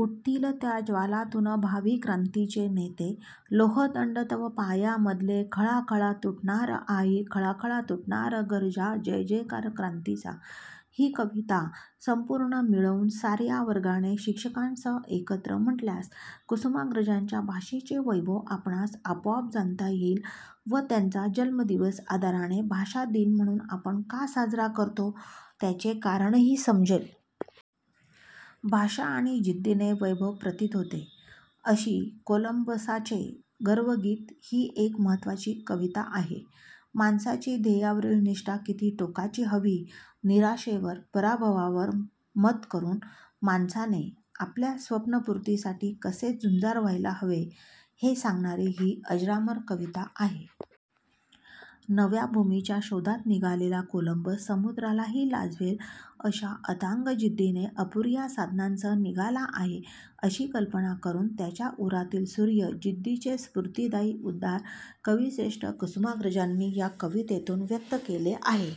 उठतिल त्या ज्वालांतुन भावी क्रांतीचे नेते लोहदंड तव पायांमधले खळाखळा तुटणार आई खळाखळा तुटणार गर्जा जयजयकार क्रांतीचा ही कविता संपूर्ण मिळवून सार्या वर्गाने शिक्षकांसह एकत्र म्हटल्यास कुसुमाग्रजांच्या भाषेचे वैभव आपणास आपोआप जाणता येईल व त्यांचा जन्मदिवस आदराने भाषा दिन म्हणून आपण का साजरा करतो, त्याचे कारणही समजेल. भाषा आणि जिद्दीने वैभव प्रतीत होते, अशी कोलंबसाचे गर्वगीत ही एक महत्त्वाची कविता आहे. माणसाची ध्येयावरील निष्ठा किती टोकाची हवी, निराशेवर, पराभवावर मत करून माणसाने आपल्या स्वप्नपूर्तीसाठी कसे झुंजार व्हायला हवे हे सांगणारी ही अजरामर कविता आहे. नव्या भूमीच्या शोधात निघालेला कोलंबस समुद्रालाही लाजवेल अशा अथांग जिद्दीने अपुर्या साधनांसह निघाला आहे अशी कल्पना करून त्याच्या उरातील सूर्य जिद्दीचे स्फूर्तिदायी उद्गार कविश्रेष्ठ कुसुमाग्रजांनी ह्या कवितेतून व्यक्त केले आहेत.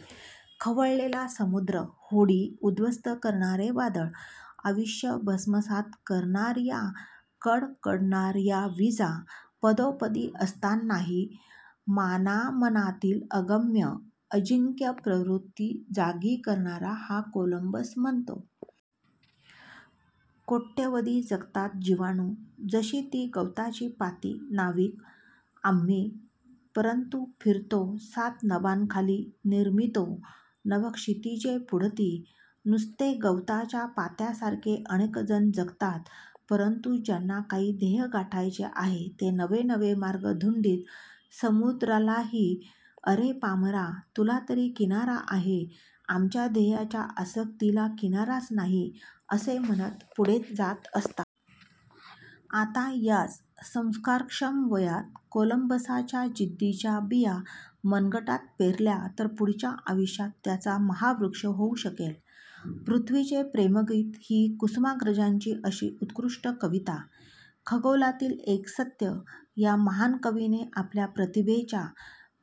खवळलेला समुद्र, होडी उद्ध्वस्त करणारे वादळ, आयुष्य भस्मसात करणार्या कडकडणार्या विजा पदोपदी असतानाही मानामनांतील अगम्य, अजिंक्य प्रवृत्ती जागी करणारा हा कोलंबस म्हणतो. कोट्यवधी जगतात जिवाणू, जशी ती गवताची पाती नाविक आम्ही परंतु फिरतो सात नभांखाली निर्मितो नव क्षितिजे पुढती! नुसते गवताच्या पात्यासारखे अनेकजण जगतात, परंतु ज्यांना काही ध्येय गाठायचे आहे ते नवेनवे मार्ग धुंडीत, समुद्रालाही अरे पामरा, तुला तरी किनारा आहे, आमच्या ध्येयाच्या आसक्तीला किनाराच नाही असे म्हणत पुढेच जात असतात. आता याच संस्कारक्षम वयात कोलंबसाच्या जिद्दीच्या बिया मनगटात पेरल्या तर पुढच्या आयुष्यात त्याचा महावृक्ष होऊ शकेल. पृथ्वीचे प्रेमगीत ही कुसुमाग्रजांची अशीच उत्कृष्ट कविता. खगोलातील एक सत्य ह्या महान कवीने आपल्या प्रतिभेच्या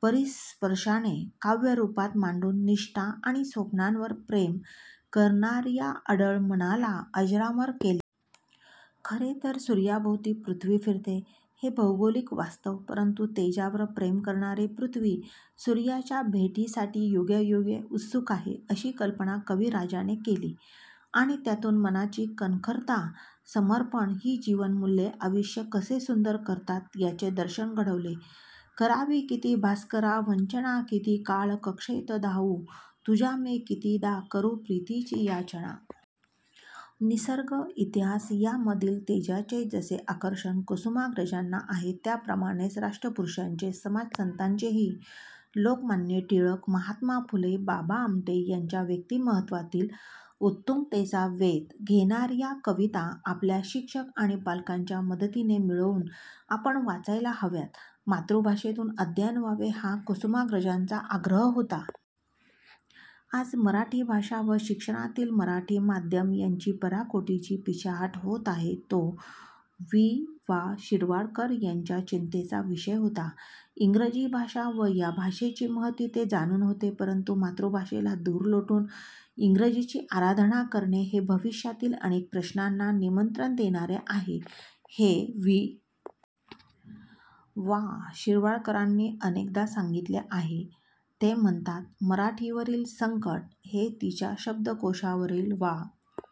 परीसस्पर्शाने काव्यरूपात मांडून निष्ठा आणि स्वप्नांवर प्रेम करणार्या अढळ मनाला अजरामर केले. खरे तर सूर्याभोवती पृथ्वी फिरते हे भौगोलिक वास्तव परंतु तेजावर प्रेम करणारी पृथ्वी सूर्याच्या भेटीसाठी युगेयुगे उत्सुक आहे, अशी कल्पना कविराजाने केली आणि त्यातून मनाची कणखरता, समर्पण ही जीवनमूल्ये आयुष्य कसे सुंदर करतात, याचे दर्शन घडवले करावी किती भास्करा वंचना किती काळ कक्षेत धावू तुझ्या मी कितीदा करू प्रीतिची याचना! निसर्ग, इतिहास यांमधील तेजाचे जसे आकर्षण कुसुमाग्रजांना आहे त्याप्रमाणेच राष्ट्रपुरुषांचे, समाजसंतांचेही! लोकमान्य टिळक, महात्मा फुले, बाबा आमटे यांच्या व्यक्तिमत्त्वांतील उत्तुंगतेचा वेध घेणार्या कविता आपल्या शिक्षक व पालकांच्या मदतीने मिळवून आपण वाचायला हव्यात. मातृभाषेतून अध्ययन व्हावे हा कुसुमाग्रजांचा आग्रह होता. आज मराठी भाषा व शिक्षणातील मराठी माध्यम यांची पराकोटीची पिछेहाट होत आहे. तो वि. वा. शिरवाडकर यांच्या चिंतेचा विषय होता. इंग्रजी भाषा व या भाषेची महती ते जाणून होते, परंतु मातृभाषेला दूर लोटून इंग्रजीची आराधना करणे हे भविष्यातील अनेक प्रश्नांना निमंत्रण देणारे आहे, हे वि. वा. शिरवाडकरांनी अनेकदा सांगितले आहे. ते म्हणतात, मराठीवरील संकट हे तिच्या शब्दकोशावरील वा